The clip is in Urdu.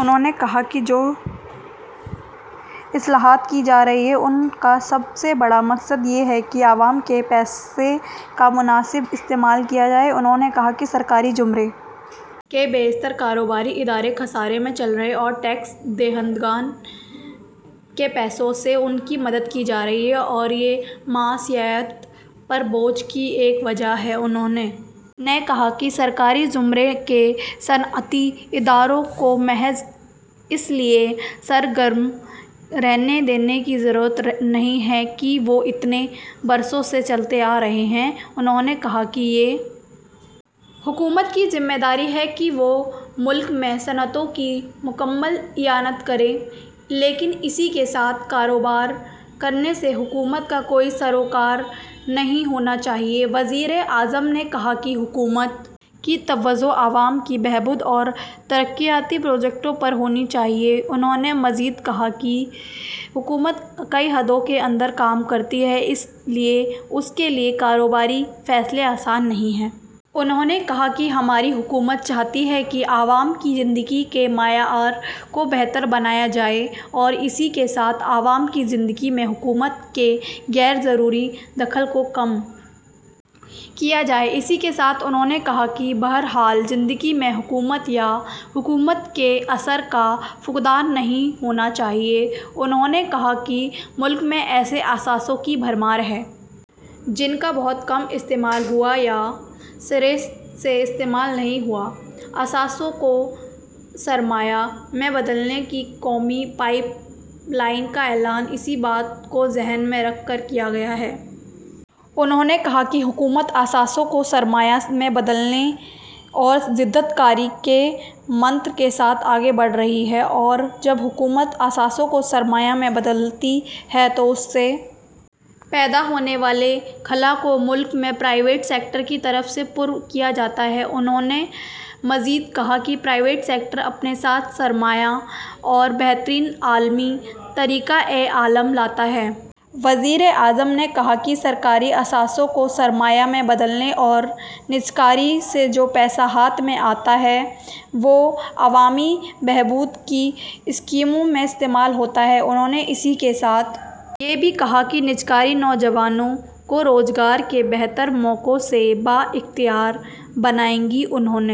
انہوں نے کہا کہ جو اصلاحات کی جا رہی ہیں ان کا سب سے بڑا مقصد یہ ہے کہ عوام کے پیسے کا مناسب استعمال کیا جائے انہوں نے کہا کہ سرکاری زمرے کے بیشتر کاروباری ادارے خسارے میں چل رہے ہیں اور ٹیکس دہندگان کے پیسوں سے ان کی مدد کی جا رہی ہے اور یہ بھی معیشت پر بوجھ کی ایک وجہ ہے انہوں نے کہا کہ سرکاری زمرے کے صنعتی اداروں کو محض اس لیے سرگرم رہنے دینے کی ضرورت نہیں ہے کہ وہ اتنے برسوں سے چلتے آ رہے ہیں انہوں نے کہا کہ یہ حکومت کی ذمہ داری ہے کہ وہ ملک میں صنعتوں کی مکمل اعانت کرے لیکن اسی کے ساتھ کاروبار کرنے سے حکومت کا کوئی سروکار نہیں ہونا چاہیے وزیراعظم نے کہا کہ حکومت کی توجہ عوام کی بہبود اور ترقیاتی پروجیکٹوں پر ہونی چاہیے انہوں نے مزید کہا کہ حکومت کئی حدوں کے اندر کام کرتی ہے اس لیے اس کے لیے کاروباری فیصلے آسان نہیں انہوں نے کہا کہ ہماری حکومت چاہتی ہے کہ عوام کی زندگی کے معیار کو بہتر بنایا جائے اور اسی کے ساتھ عوام کی زندگی میں حکومت کے غیر ضروری دخل کو کم کیا جائے اسی کے ساتھ انہوں نے کہا کہ بہرحال زندگی میں حکومت یا حکومت کے اثر کا فقدان نہیں ہونا چاہیے انہوں نے کہا کہ ملک میں ایسے اثاثوں کی بھرمار ہے جن کا بہت کم استعمال ہوا یا سرے سے استعمال نہیں ہوا اثاثوں کو سرمایہ میں بدلنے کے قومی پائپ لائن کا اعلان اسی بات کو ذہن میں رکھ کر کیا گیا ہے انہوں نے کہا کہ حکومت اثاثوں کو سرمایہ میں بدلنے اور جدت کاری کے منتر کے ساتھ آگے بڑھ رہی ہے اور جب حکومت اثاثوں کو سرمایہ میں بدلتی ہے تو اس سے پیدا ہونے والے خلا کو ملک میں پرائیویٹ سیکٹر کی طرف سے پر کیا جاتا ہے انہوں نے مزید کہا کہ پرائیویٹ سیکٹر اپنے ساتھ سرمایہ اور بہترین عالمی طریقہ عمل لاتا ہے وزیراعظم نے کہا کہ سرکاری اثاثوں کو سرمایہ میں بدلنے اور نجکاری سے جو پیسہ ہاتھ میں آتا ہے وہ عوامی بہبود کی اسکیموں میں استعمال ہوتا ہے انہوں نے اسی کے ساتھ یہ بھی کہا کہ نجکاری نوجوانوں کو روزگار کے بہتر مواقع سے بااختیار بنائے گی انہوں